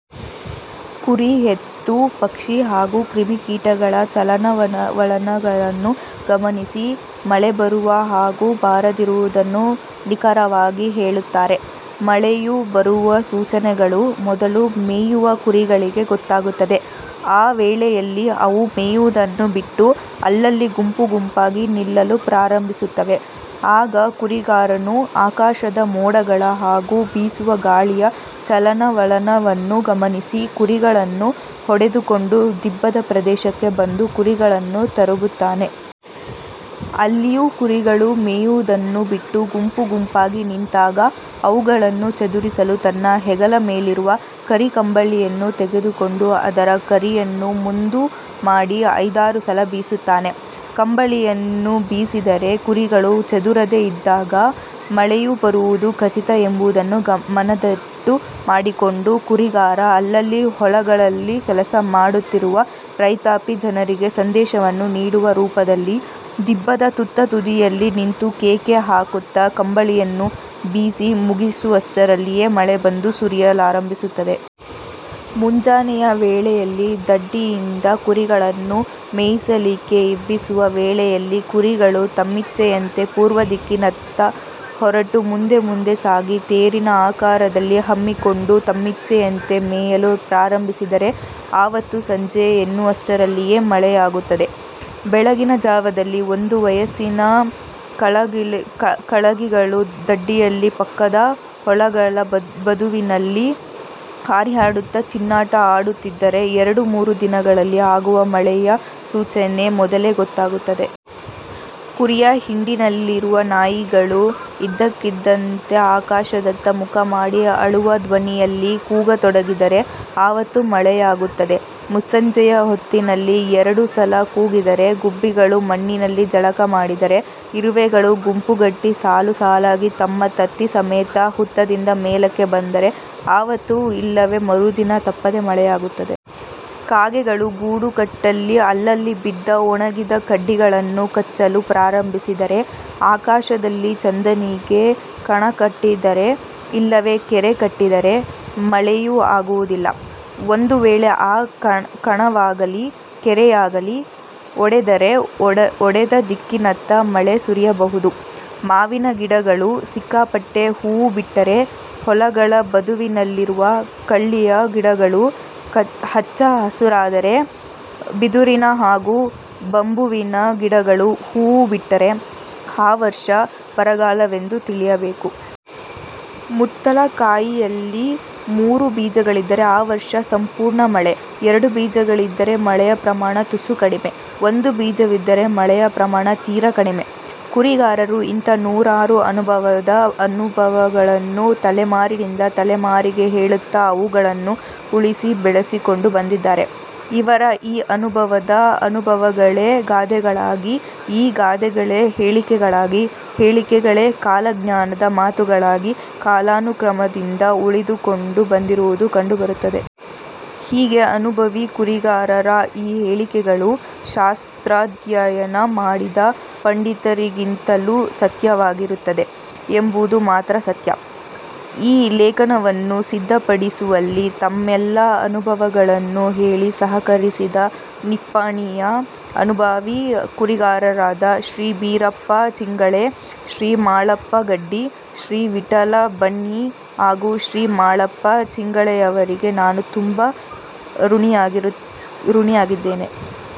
ಕುರಿ, ಎತ್ತು, ಪಕ್ಷಿ ಹಾಗೂ ಕ್ರಿಮಿಕೀಟಗಳ ಚಲನವಲನಗಳನ್ನು ಗಮನಿಸಿ ಮಳೆಬರುವ ಹಾಗೂ ಬಾರದಿರುವುದನ್ನು ನಿಖರವಾಗಿ ಹೇಳುತ್ತಾರೆ, ಮಳೆಯು ಬರುವ ಸೂಚನೆಗಳು ಮೊದಲು ಮೇಯುವ ಕುರಿಗಳಿಗೆ ಗೊತ್ತಾಗುತ್ತದೆ. ಆ ವೇಳೆಯಲ್ಲಿ ಅವು ಮೇಯುವುದನ್ನು ಬಿಟ್ಟು ಅಲ್ಲಲ್ಲಿ ಗುಂಪು ಗುಂಪಾಗಿ ನಿಲ್ಲಲು ಪ್ರಾರಂಭಿಸುತ್ತವೆ. ಆಗ ಕುರಿಗಾರನು ಆಕಾಶದ ಮೋಡಗಳ ಹಾಗೂ ಬೀಸುವ ಗಾಳಿಯ ಚಲನವಲನವನ್ನು ಗಮನಿಸಿ, ಕುರಿಗಳನ್ನು ಹೊಡೆದುಕೊಂಡು ದಿಬ್ಬದ ಪ್ರದೇಶಕ್ಕೆ ಬಂದು ಕುರಿಗಳನ್ನು ತರಬುತ್ತಾನೆ. ಅಲ್ಲಿಯೂ ಕುರಿಗಳು ಮೇಯ್ಯುವುದನ್ನು ಬಿಟ್ಟು ಗುಂಪು ಗುಂಪಾಗಿ ನಿಂತಾಗ ಅವುಗಳನ್ನು ಚದುರಿಸಲು ತನ್ನ ಹೆಗಲ ಮೇಲಿರುವ ಕರಿ ಕಂಬಳಿಯನ್ನು ತೆಗೆದುಕೊಂಡು ಅದರ ಕರಿಯನ್ನು ಮುಂದು ಮಾಡಿ ಐದಾರು ಸಲ ಬೀಸುತ್ತಾನೆ. ಕಂಬಳಿಯನ್ನು ಬೀಸಿದರೆ ಕುರಿಗಳು ಚದುರದೇ ಇದ್ದಾಗ ಮಳೆಯು ಬರುವುದು ಖಚಿತ ಎಂಬುದನ್ನು ಮನದಟ್ಟು ಮಾಡಿಕೊಂಡು ಕುರಿಗಾರ ಅಲ್ಲಲ್ಲಿ ಹೊಲಗಳಲ್ಲಿ ಕೆಲಸ ಮಾಡುತ್ತಿರುವ ರೈತಾಪಿ ಜನರಿಗೆ ಸಂದೇಶವನ್ನು ನೀಡುವ ರೂಪದಲ್ಲಿ; ದಿಬ್ಬದ ತುತ್ತತುದಿಯಲ್ಲಿ ನಿಂತು ಕೇಕೆ ಹಾಕುತ್ತ ಕಂಬಳಿಯನ್ನು ಬೀಸಿ ಮುಗಿಸುವಷ್ಟರಲ್ಲಿಯೇ ಮಳೆ ಬಂದು ಸುರಿಯಲಾರಂಭಿಸುತ್ತದೆ. ಮುಂಜಾನೆಯ ವೇಳೆಯಲ್ಲಿ ದಡ್ಡಿಯಿಂದ ಕುರಿಗಳನ್ನು ಮೇಯಿಸಲಿಕ್ಕೆ ಎಬ್ಬಿಸುವ ವೇಳೆಯಲ್ಲಿ ಕುರಿಗಳು ತಮ್ಮಿಚ್ಛೆಯಂತೆ ಪೂರ್ವದಿಕ್ಕಿನತ್ತ ಹೊರಟು ಮುಂದೆ ಮುಂದೆ ಸಾಗಿ ತೇರಿನ ಆಕಾರದಲ್ಲಿ ಹಮ್ಮಿಕೊಂಡು ತಮ್ಮಿಚ್ಛೆಯಂತೆ ಮೇಯಲು ಪ್ರಾರಂಭಿಸಿದರೆ ಆವತ್ತು ಸಂಜೆ ಎನ್ನುವಷ್ಟರಲ್ಲಿಯೇ ಮಳೆಯಾಗುತ್ತದೆ. ಬೆಳಗಿನ ಜಾವದಲ್ಲಿ ಒಂದು ವಯಸ್ಸಿನ ಕಳಗಿಗಳು ದಡ್ಡಿಯ ಪಕ್ಕದ ಹೊಲಗಳ ಬದುವಿನಲ್ಲಿ ಹರ್ಯಾಡುತ್ತ ಚಿನ್ನಾಟ ಆಡಹತ್ತಿದರೆ ಎರಡು ಮೂರು ದಿನಗಳಲ್ಲಿ ಆಗುವ ಮಳೆಯ ಸೂಚನೆ ಮೊದಲೆ ಗೊತ್ತಾಗುತ್ತದೆ. ಕುರಿಯ ಹಿಂಡಿನಲ್ಲಿರುವ ನಾಯಿಗಳು ಇದ್ದಕ್ಕಿದ್ದಂತೆ ಆಕಾಶದತ್ತ ಮುಖಮಾಡಿ ಅಳುವ ಧ್ವನಿಯಲ್ಲಿ ಕೂಗ ತೊಡಗಿದರೆ ಆವತ್ತು ಮಳೆಯಾಗುತ್ತದೆ. ಮುಸ್ಸಂಜೆಯ ಹೊತ್ತಿಯಲ್ಲಿ ಎರಡು ಸಲ ಕೂಗಿದರೆ ಗುಬ್ಬಿಗಳು ಮಣ್ಣಿನಲ್ಲಿ ಜಳಕ ಮಾಡಿದರೆ, ಇರುವೆಗಳು ಗುಂಪುಗಟ್ಟಿ ಸಾಲು ಸಾಲಾಗಿ ತಮ್ಮ ತತ್ತಿ ಸಮೇತ ಹುತ್ತದಿಂದ ಮೇಲಕ್ಕೆ ಬಂದರೆ ಆವತ್ತು ಇಲ್ಲವೆ ಮರುದಿನ ತಪ್ಪದೆ ಮಳೆಯಾಗುತ್ತದೆ. ಕಾಗೆಗಳು ಗೂಡು ಕಟ್ಟಲಿ ಅಲ್ಲಲ್ಲಿ ಬಿದ್ದ ಒಣಗಿದ ಕಡ್ಡಿಗಳನ್ನು ಕಚ್ಚಲು ಪ್ರಾರಂಭಿಸಿದರೆ; ಆಕಾಶದಲ್ಲಿ ಚಂದನಿಗೆ ಕಣ ಕಟ್ಟಿದರೆ ಇಲ್ಲವೆ ಕೆರೆ ಕಟ್ಟಿದರೆ ಮಳೆಯು ಆಗುವುದಿಲ್ಲ. ಒಂದು ವೇಳೆ ಆ ಕಣವಾಗಲಿ, ಕೆರೆಯಾಗಲಿ ಒಡೆದರೆ ಒಡೆದ ದಿಕ್ಕಿನತ್ತ ಮಳೆ ಸುರಿಯಬಹುದು. ಮಾವಿನ ಗಿಡಗಳು ಸಿಕ್ಕಾಪಟ್ಟೆ ಹೂವು ಬಿಟ್ಟರೆ; ಹೊಲಗಳ ಬದುವಿನಲ್ಲಿರುವ ಕಳ್ಳಿಯ ಗಿಡಗಳು ಹಚ್ಚ ಹಸುರಾದರೆ; ಬಿದುರಿನ ಹಾಗೂ ಬಂಬುವಿನ ಗಿಡಗಳು ಹೂವು ಬಿಟ್ಟರೆ ಆ ವರ್ಷ ಬರಗಾಲವೆಂದು ತಿಳಿಯಬೇಕು. ಮುತ್ತಲ ಕಾಯಿಯಲ್ಲಿ ಮೂರು ಬೀಜಗಳಿದ್ದರೆ ಆ ವರ್ಷ ಸಂಪೂರ್ಣ ಮಳೆ; ಎರಡು ಬೀಜಗಳಿದ್ದರೆ ಮಳೆಯ ಪ್ರಮಾಣ ತುಸು ಕಡಿಮೆ; ಒಂದು ಬೀಜವಿದ್ದರೆ ಮಳೆಯ ಪ್ರಮಾಣ ತೀರ ಕಡಿಮೆ. ಕುರಿಗಾರರು ಇಂಥ ನೂರಾರು ಅನುಭಾವದ ಅನುಭವಗಳನ್ನು ತಲೆಮಾರಿನಿಂದ ತಲೆಮಾರಿಗೆ ಹೇಳುತ್ತ ಅವುಗಳನ್ನು ಉಳಿಸಿ ಬೆಳೆಸಿಕೊಂಡು ಬಂದಿದ್ದಾರೆ. ಇವರ ಈ ಅನುಭವದ ಅನುಭವಗಳೇ ಗಾದೆಗಳಾಗಿ, ಈ ಗಾದೆಗಳೆ ಹೇಳಿಕೆಗಳಾಗಿ, ಹೇಳಿಕೆಗಳೇ ಕಾಲಜ್ಞಾನದ ಮಾತುಗಳಾಗಿ ಕಾಲಾನುಕ್ರಮದಿಂದ ಉಳಿದುಕೊಂಡು ಬಂದಿರುವುದು ಕಂಡು ಬರುತ್ತದೆ. ಹೀಗೆ ಅನುಭವಿ ಕುರಿಗಾರರ ಈ ಹೇಳಿಕೆಗಳು ಶಾಸ್ತ್ರಾಧ್ಯಯನ ಮಾಡಿದ ಪಂಡಿತರಿಗಿಂತಲೂ ಸತ್ಯವಾಗಿರುತ್ತದೆ ಎಂಬುದು ಮಾತ್ರ ಸತ್ಯ.ಈ ಲೇಖನವನ್ನು ಸಿದ್ಧಪಡಿಸುವಲ್ಲಿ ತಮ್ಮೆಲ್ಲ ಅನುಭವಗಳನ್ನು ಹೇಳಿ ಸಹಕರಿಸಿದ ನಿಪ್ಪಾಣಿಯ ಅನುಭಾವಿ ಕುರಿಗಾರರಾದ ಶ್ರೀ ಬೀರಪ್ಪ ಚಿಂಗಳೆ, ಶ್ರೀ ಮಾಳಪ್ಪ ಗಡ್ಡಿ, ಶ್ರೀ ವಿಠ್ಠಲ ಬನ್ನಿ ಹಾಗೂ ಶ್ರೀ ಮಾಳಪ್ಪ ಚಿಂಗಳೆಯವರಿಗೆ ನಾನು ತುಂಬಾ ಋಣಿಯಾಗಿದ್ದೇನೆ.